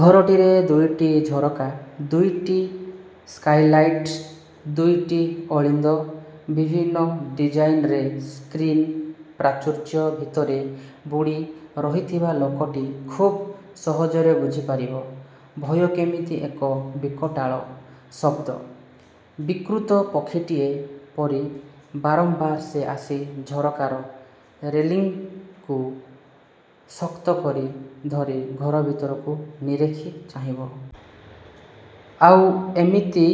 ଘରଟିରେ ଦୁଇଟି ଝରକା, ଦୁଇଟି ସ୍କାଇଲାଇଟ, ଦୁଇଟି ଅଳିନ୍ଦ। ବିଭିନ୍ନ ଡିଜାଇନରେ ସ୍କ୍ରିନ। ପ୍ରାଚୁର୍ଯ୍ୟ ଭିତରେ ବୁଡ଼ି। ରହିଥିବା ଲୋକଟି ଖୁବ୍ ସହଜରେ ବୁଝିପାରିବ, ଭୟ କେମିତି ଏକ ବିକଟାଳ ଶବ୍ଦ। ବିକୃତ ପକ୍ଷୀଟିଏ ପରି ବାରମ୍ୱାର ସେ ଆସି ଝରକାର ରେଲିଂକୁ ଶକ୍ତ କରି ଧରି ଘର ଭିତରକୁ ନିରେଖି ଚାହିଁବ। ଆଉ ଏମିତି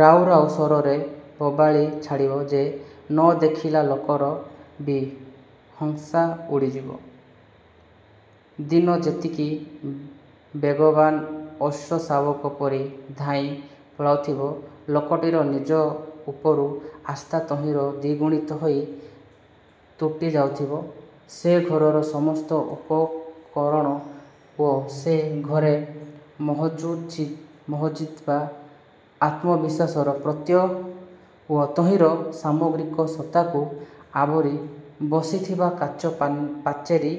ରାଉରାଉ ସ୍ୱରରେ ବୋବାଳି ଛାଡ଼ିବ ଯେ ନ ଦେଖିଲା ଲୋକର ବି ହଂସା ଉଡ଼ିଯିବ। ଦିନ ଯେତିକି ବେଗବାନ ଅଶ୍ୱଶାବକ ପରି ଧାଇଁ ପଳାଉଥିବ, ଲୋକଟିର ନିଜ ଉପରୁ ଆସ୍ଥା ତହିଁର ଦ୍ୱିଗୁଣିତ ହୋଇ ତୁଟି ଯାଉଥିବ। ସେ ଘରର ସମସ୍ତ ଉପକରଣ ଓ ସେ ଘରେ ମହଜୁଦ୍ଥିବା ଆତ୍ମବିଶ୍ୱାସର ପ୍ରତ୍ୟୟ ଓ ତହିଁର ସାମଗ୍ରିକ ସତ୍ତାକୁ ଆବୋରି ବସିଥିବା କାଚ ପାଚେରୀ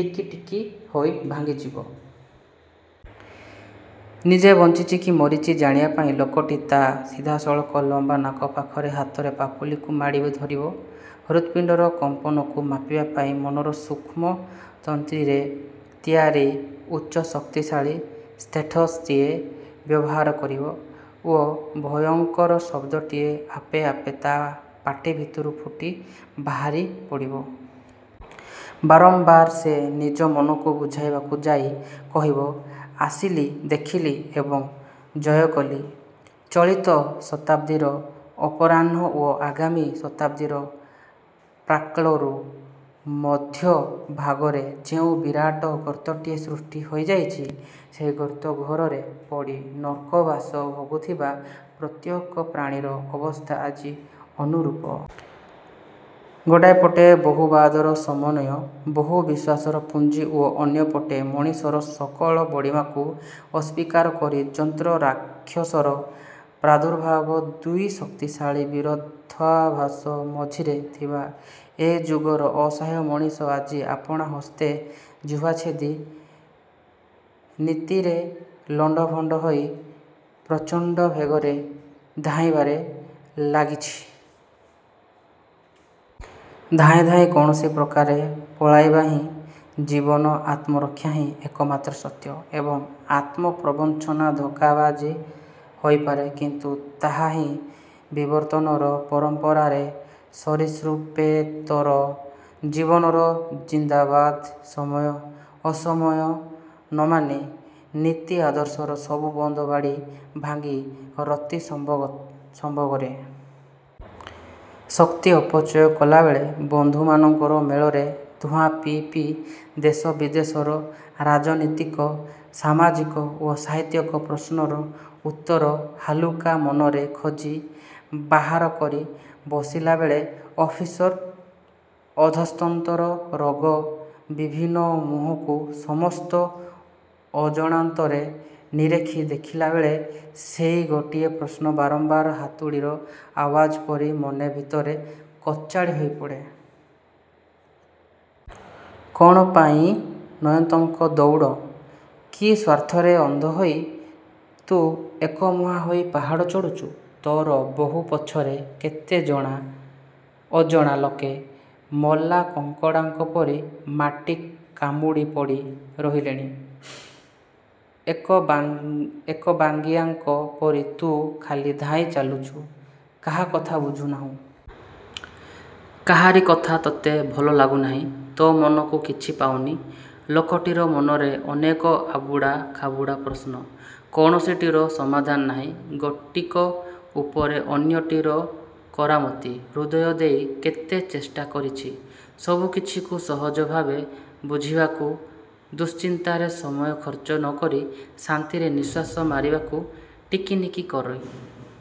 ଟିକିଟିକି ହୋଇ ଭାଙ୍ଗିପଡ଼ିବ। ନିଜେ ବଞ୍ଚିଚି କି ମରିଛି ଜାଣିବାପାଇଁ ଲୋକଟି ତା' ସିଧାସଳଖ ଲମ୍ୱ ନାକପାଖେ ହାତର ପାପୁଲିକୁ ମାଡ଼ି ଧରିବ। ହୃତ୍ପିଣ୍ତର କମ୍ପନକୁ ମାପିବାପାଇଁ ମନର ସୂକ୍ଷ୍ମ ତନ୍ତ୍ରୀରେ ତିଆରି ଉଚ୍ଚ ଶକ୍ତିଶାଳୀ ଷ୍ଟେଥୋଟିଏ ବ୍ୟବହାର କରିବ ଓ ଭୟଙ୍କର ଶବ୍ଦଟିଏ ଆପେ ଆପେ ତା'ର ପାଟି ଭିତରୁ ଫୁଟି ବାହାରି ପଡ଼ିବ। ବାରମ୍ୱାର ସେ ନିଜ ମନକୁ ବୁଝାଇବାକୁ ଯାଇ କହିବ, 'ଆସିଲି, ଦେଖିଲି ଏବଂ ଜୟକଲି। ' ଚଳିତ ଶତାବ୍ଦୀର ଅପରାହ୍ନ ଓ ଆଗାମୀ ଶତାବ୍ଦୀର ପ୍ରାକ୍କାଳରୁ ମଧ୍ୟଭାଗରେ ଯେଉଁ ବିରାଟ ଗର୍ତ୍ତଟିଏ ସୃଷ୍ଟି ହୋଇଯାଇଚି, ସେଇ ଗର୍ତ୍ତ ଗହ୍ୱରରେ ପଡ଼ି ନର୍କବାସ ଭୋଗୁଥିବା ପ୍ରତ୍ୟେକ ପ୍ରାଣୀର ଅବସ୍ଥା ଆଜି ଅନୁରୂପ। ଗୋଟାଏ ପଟେ ବହୁବାଦର ସମନ୍ୱୟ, ବହୁ ବିଶ୍ୱାସର ପୁଞ୍ଜି ଓ ଅନ୍ୟ ପଟେ ମଣିଷର ସକଳ ବଡ଼ିମାକୁ ଅସ୍ୱୀକାର କରି ଯନ୍ତ୍ର ରାକ୍ଷସର ପ୍ରାଦୁର୍ଭାବ। ଦୁଇ ଶକ୍ତିଶାଳୀ ବିରୋଧାଭାଷ ମଝିରେ ଥିବା ଏ ଯୁଗର ଅସହାୟ ମଣିଷ ଆଜି ଆପଣା ହସ୍ତେ ଜିହ୍ୱାଛେଦି ନୀତିରେ ଲଣ୍ତଭଣ୍ତ ହୋଇ ପ୍ରଚଣ୍ତ ବେଗରେ ଧାଇଁବାରେ ଲାଗିଚି। ଧାଇଁ ଧାଇଁ କୌଣସି ପ୍ରକାରେ ପଳାଇବାହିଁ ଜୀବନ। ଆତ୍ମରକ୍ଷା ହିଁ ଏକମାତ୍ର ସତ୍ୟ। ଏବଂ ଆତ୍ମପ୍ରବଞ୍ଚନା ଧୋକାବାଜି ହୋଇପାରେ; କିନ୍ତୁ ତାହା ହିଁ ବିବର୍ତ୍ତନର ପରମ୍ପରାରେ ସରୀସୃପେତର ଜୀବନର ଜିନ୍ଦାବାଦ। ସମୟ ଅସମୟ ନମାନି, ନୀତି ଆଦର୍ଶର ସବୁ ବନ୍ଧ ବାଡ଼ ଭାଙ୍ଗି ରତି ସମ୍ଭୋଗରେ ଶକ୍ତି ଅପଚୟ କଲାବେଳେ, ବନ୍ଧୁମାନଙ୍କ ମେଳରେ ଧୂଆଁ ପିଇ ପିଇ ଦେଶ ବିଦେଶର ରାଜନୀତିକ, ସାମାଜିକ ଓ ସାହିତ୍ୟିକ ପ୍ରଶ୍ନର ଉତ୍ତର ହାଲୁକା ମନରେ ଖୋଜି ବାହାର କରି ବସିଲାବେଳେ ଅଫିସର ଅଧଃସ୍ତନଙ୍କ ରୋଗା ବିବର୍ଣ୍ଣ ମୁହଁକୁ ସମସ୍ତଙ୍କ ଅଜଣାନ୍ତରେ ନିରେଖି ଦେଖିଲାବେଳେ, ସେଇ ଗୋଟିଏ ପ୍ରଶ୍ନ ବାରମ୍ବାର ହାତୁଡ଼ିର ଆଓ୍ୱାଜ ପରି ମନ ଭିତରେ କଚାଡ଼ି ହୋଇପଡ଼େ। ''କ'ଣ ପାଇଁ ନୟନ୍ତକ ଦଉଡ଼? କି ସ୍ୱାର୍ଥରେ ଅନ୍ଧହୋଇ ତୁ ଏକମୁହାଁ ହୋଇ ପାହାଡ଼ ଚଢ଼ୁଛୁ? ତୋର ବହୁ ପଛରେ କେତେ ଜଣା ଅଜଣା ଲୋକେ ମଲା କଙ୍କଡାଙ୍କ ପରି ମାଟି କାମୁଡ଼ି ପଡ଼ି ରହିଲେଣି। ଏକବାଗିଆଙ୍କ ପରି ତୁ ଖାଲି ଧାଇଁ ଚାଲିଚୁ। କାହା କଥା ବୁଝୁନାହୁଁ। କାହାରି କଥା ତୋତେ ଭଲ ଲାଗୁ ନାହିଁ। ତୋ ମନକୁ କିଛି ପାଉନି। '' ଲୋକଟିର ମନରେ ଅନେକ ଆବୁଡ଼ା ଖାବୁଡ଼ା ପ୍ରଶ୍ନ। କୌଣସିଟିର ସମାଧାନ ନାହିଁ। ଗୋଟିକ ଉପରେ ଅନ୍ୟଟିର କରାମତି। ହୃଦୟ ଦେଇ କେତେ ଚେଷ୍ଟା କରିଛି ସବୁକିଛିକୁ ସହଜଭାବେ ବୁଝିବାକୁ। ଦୁଶ୍ଚିନ୍ତାରେ ସମୟ ଖର୍ଚ୍ଚ ନକରି ଶାନ୍ତିରେ ନିଃଶ୍ୱାସ ମାରିବାକୁ। ଟିକିନିକି କରି